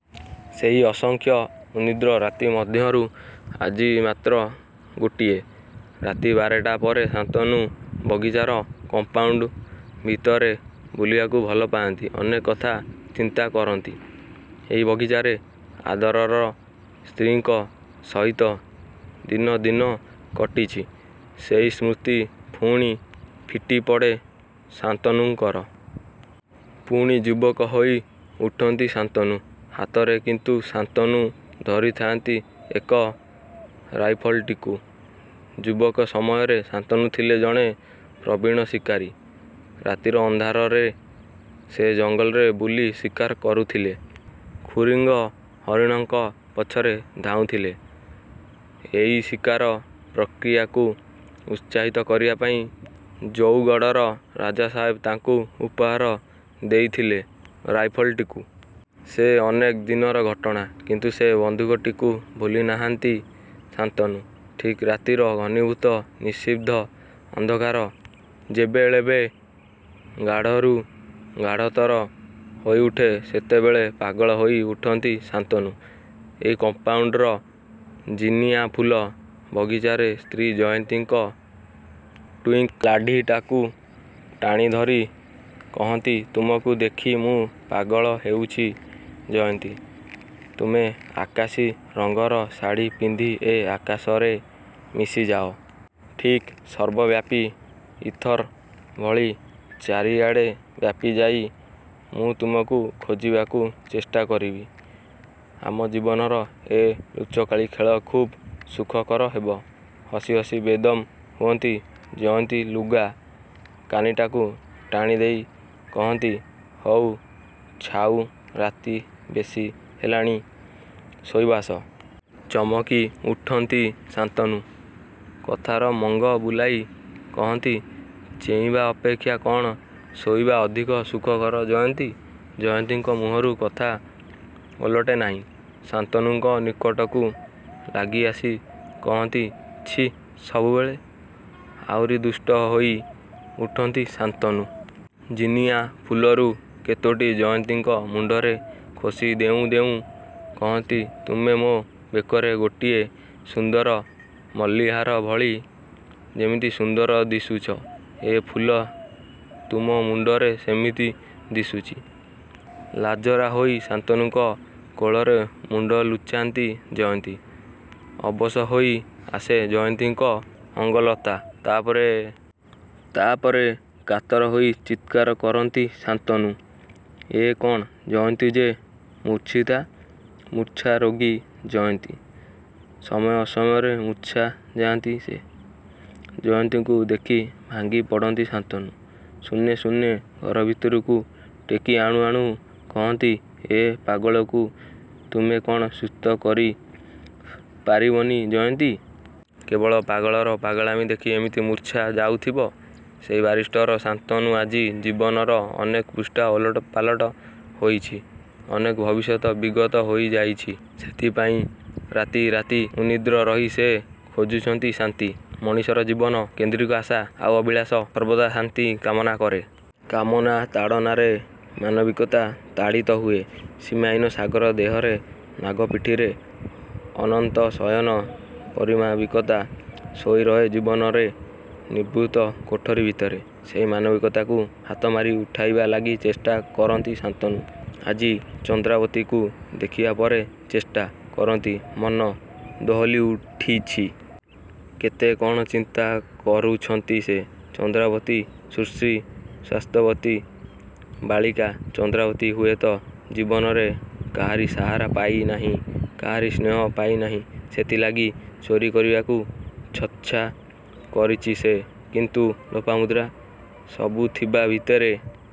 ସେହି ଅସଂଖ୍ୟ ଉନିଦ୍ର ରାତି ମଧ୍ୟରୁ ଆଜି ମାତ୍ର ଗୋଟିଏ। ରାତି ବାରଟା ପରେ ଶାନ୍ତନୁ ବଗିଚାର କମ୍ପାଉଣ୍ତ ଭିତରେ ବୁଲିବାକୁ ଭଲ ପାଆନ୍ତି। ଅନେକ କଥା ଚିନ୍ତା କରନ୍ତି। ଏଇ ବଗିଚାରେ ଆଦରର ସ୍ତ୍ରୀଙ୍କ ସହିତ ଦିନ ଦିନ କଟିଛି। ସେଇ ସ୍ମୃତି ପୁଣି ଫିଟିପଡ଼େ ଶାନ୍ତନୁଙ୍କର। ପୁଣି ଯୁବକ ହୋଇ ଉଠନ୍ତି ଶାନ୍ତନୁ। ହାତରେ କିନ୍ତୁ ଶାନ୍ତନୁ ଧରିଥାନ୍ତି ଏକ ରାଇଫଲଟିକୁ। ଯୁବକ ସମୟରେ ଶାନ୍ତନୁ ଥିଲେ ଜଣେ ପ୍ରବୀଣ ଶିକାରୀ। ରାତିର ଅନ୍ଧାରରେ ସେ ଜଙ୍ଗଲରେ ବୁଲି ଶିକାର କରୁଥିଲେ। ଖୁରିଙ୍ଗ ହରିଣଙ୍କ ପଛରେ ଧାଉଁଥିଲେ। ଏଇ ଶିକାର ପ୍ରକ୍ରିୟା କୁ ଉତ୍ସାହିତ କରିବା ପାଇଁ ଜଉଗଡ଼ର ରାଜା ସାହେବ ତାଙ୍କୁ ଉପହାର ଦେଇଥିଲେ ରାଇଫଲଟିକୁ। ସେ ଅନେକ ଦିନର ଘଟଣା। କିନ୍ତୁ ସେ ବନ୍ଧୁକଟିକୁ ଭୁଲି ନାହାଁନ୍ତି ଶାନ୍ତନୁ। ଠିକ୍ ରାତିର ଘନୀଭୂତ ନିଷିଦ୍ଧ ଅନ୍ଧକାର ଯେବେଳେବେ ଗାଢ଼ରୁ ଗାଢ଼ତର ହୋଇଉଠେ ସେତେବେଳେ ପାଗଳ ହୋଇ ଉଠନ୍ତି ଶାନ୍ତନୁ। ଏଇ କମ୍ପାଉଣ୍ତର ଜିନିଆଁ ଫୁଲ ବଗିଚାରେ ସ୍ତ୍ରୀ ଜୟନ୍ତୀଙ୍କ ଟ୍ୱିଙ୍କଲାଢ଼ିଟାକୁ ଟାଣିଧରି କହନ୍ତି ତୁମକୁ ଦେଖି ମୁଁ ପାଗଳ ହେଉଛି ଜୟନ୍ତୀ ତୁମେ ଆକାଶୀ ରଙ୍ଗର ଶାଢ଼ି ପିନ୍ଧି ଏ ଆକାଶରେ ମିଶିଯାଅ। ଠିକ୍ ସର୍ବବ୍ୟାପୀ ଇଥର ଭଳି ଚାରିଆଡ଼େ ବ୍ୟାପୀଯାଇ ମୁଁ ତୁମକୁ ଖୋଜିବାକୁ ଚେଷ୍ଟା କରିବି। ଆମ ଜୀବନର ଏ ଲୁଚକାଳି ଖେଳ ଖୁବ୍ ସୁଖକର ହେବ। ହସି ହସି ବେଦମ୍ ହୁଅନ୍ତି ଜୟନ୍ତୀ ଲୁଗା କାନିଟାକୁ ଟାଣିଦେଇ କହନ୍ତି ''ହଉ ଛାଉ ରାତି ବେଶୀ ହେଲାଣି ଶୋଇବ ଆସ। '' ଚମକି ଉଠନ୍ତି ଶାନ୍ତନୁ କଥାର ମଙ୍ଗ ବୁଲାଇ କହନ୍ତି ''ଚେଇଁବା ଅପେକ୍ଷା କ'ଣ ଶୋଇବା ଅଧିକ ସୁଖକର ଜୟନ୍ତୀ? '' ଜୟନ୍ତୀଙ୍କ ମୁହଁରୁ କଥା ଓଲଟେ ନାହିଁ। ଶାନ୍ତନୁଙ୍କ ନିକଟକୁ ଲାଗିଆସି କହନ୍ତି ''ଛି ସବୁ ବେଳେ '' ଆହୁରି ଦୁଷ୍ଟ ହୋଇ ଉଠନ୍ତି ଶାନ୍ତନୁ। ଜିନିଆଁ ଫୁଲରୁ କେତୋଟି ଜୟନ୍ତୀଙ୍କ ମୁଣ୍ତରେ ଖୋସି ଦେଉଁ ଦେଉଁ କହନ୍ତି ତୁମେ ମୋ ବେକରେ ଗୋଟିଏ ସୁନ୍ଦର ମଲ୍ଲିହାର ଭଳି ଯେମିତି ସୁନ୍ଦର ଦିଶୁଛ ଏ ଫୁଲ ତୁମ ମୁଣ୍ତରେ ସେମିତି ଦିଶୁଛି। ଲାଜରା ହୋଇ ଶାନ୍ତନୁଙ୍କ କୋଳରେ ମୁଣ୍ତ ଲୁଚାନ୍ତି ଜୟନ୍ତୀ। ଅବଶ ହୋଇ ଆସେ ଜୟନ୍ତୀଙ୍କ ଅଙ୍ଗଲତା ତା'ପରେ. ତା'ପରେ କାତର ହୋଇ ଚିତ୍କାର କରନ୍ତି ଶାନ୍ତନୁ। ଏ କ'ଣ ଜୟନ୍ତୀ ଯେ ମୂର୍ଚ୍ଛିତା! ମୂର୍ଚ୍ଛା ରୋଗୀ ଜୟନ୍ତୀ। ସମୟ ଅସମୟରେ ମୂର୍ଚ୍ଛା ଯାଆନ୍ତି ସେ। ଜୟନ୍ତୀଙ୍କୁ ଦେଖି ଭାଙ୍ଗି ପଡ଼ନ୍ତି ଶାନ୍ତନୁ। ଶୂନ୍ୟେ ଶୂନ୍ୟେ ଘର ଭିତରକୁ ଟେକି ଆଣୁ ଆଣୁ କହନ୍ତି ଏ ପାଗଳକୁ ତୁମେ କ'ଣ ସୁସ୍ଥ କରି ପାରିବନି ଜୟନ୍ତୀ? କେବଳ ପାଗଳର ପାଗଳାମୀ ଦେଖି ଏମିତି ମୂର୍ଚ୍ଛା ଯାଉଥିବ? ସେହି ବାରିଷ୍ଟର ଶାନ୍ତନୁ ଆଜି ଜୀବନର ଅନେକ ପୃଷ୍ଠା ଓଲଟ ପାଲଟ ହୋଇଛି। ଅନେକ ଭବିଷ୍ୟତ ବିଗତ ହୋଇଯାଇଛି। ସେଇଥିପାଇଁ ରାତି ରାତି ଉନିଦ୍ର ରହି ସେ ଖୋଜୁଛନ୍ତି ଶାନ୍ତି। ମଣିଷର ଜୀବନ କୈନ୍ଦ୍ରିକ ଆଶା ଆଉ ଅଭିଳାଷ ସର୍ବଦା ଶାନ୍ତି କାମନା କରେ। କାମନା ତାଡ଼ନାରେ ମାନବିକତା ତାଡ଼ିତ ହୁଏ। ସୀମାହୀନ ସାଗର ଦେହରେ ନାଗ ପିଠିରେ ଅନନ୍ତ ଶୟନ ପରିମାବିକତା ଶୋଇରହେ ଜୀବନରେ ନିଭୃତ କୋଠରୀ ଭିତରେ। ସେହି ମାନବିକତାକୁ ହାତମାରି ଉଠାଇବା ଲାଗି ଚେଷ୍ଟା କରନ୍ତି ଶାନ୍ତନୁ। ଆଜି ଚନ୍ଦ୍ରାବତୀକୁ ଦେଖିବା ପରେ ଚେଷ୍ଟା। କରନ୍ତି ମନ ଦୋହଲି ଉଠିଛି। କେତେ କ'ଣ ଚିନ୍ତା କରୁଛନ୍ତି ସେ। ଚନ୍ଦ୍ରାବତୀ ସୁଶ୍ରୀ ସ୍ୱାସ୍ଥ୍ୟବତୀ ବାଳିକା ଚନ୍ଦ୍ରାବତୀ ହୁଏତ ଜୀବନରେ କାହାରି ସାହାରା ପାଇ ନାହିଁ କାହାରି ସ୍ନେହ ପାଇ ନାହିଁ ସେଥିଲାଗି ଚୋରୀ କରିବାକୁ ଛଚ୍ଛା କରିଛି ସେ କିନ୍ତୁ ଲୋପାମୁଦ୍ରା। ସବୁ ଥିବା ଭିତରେ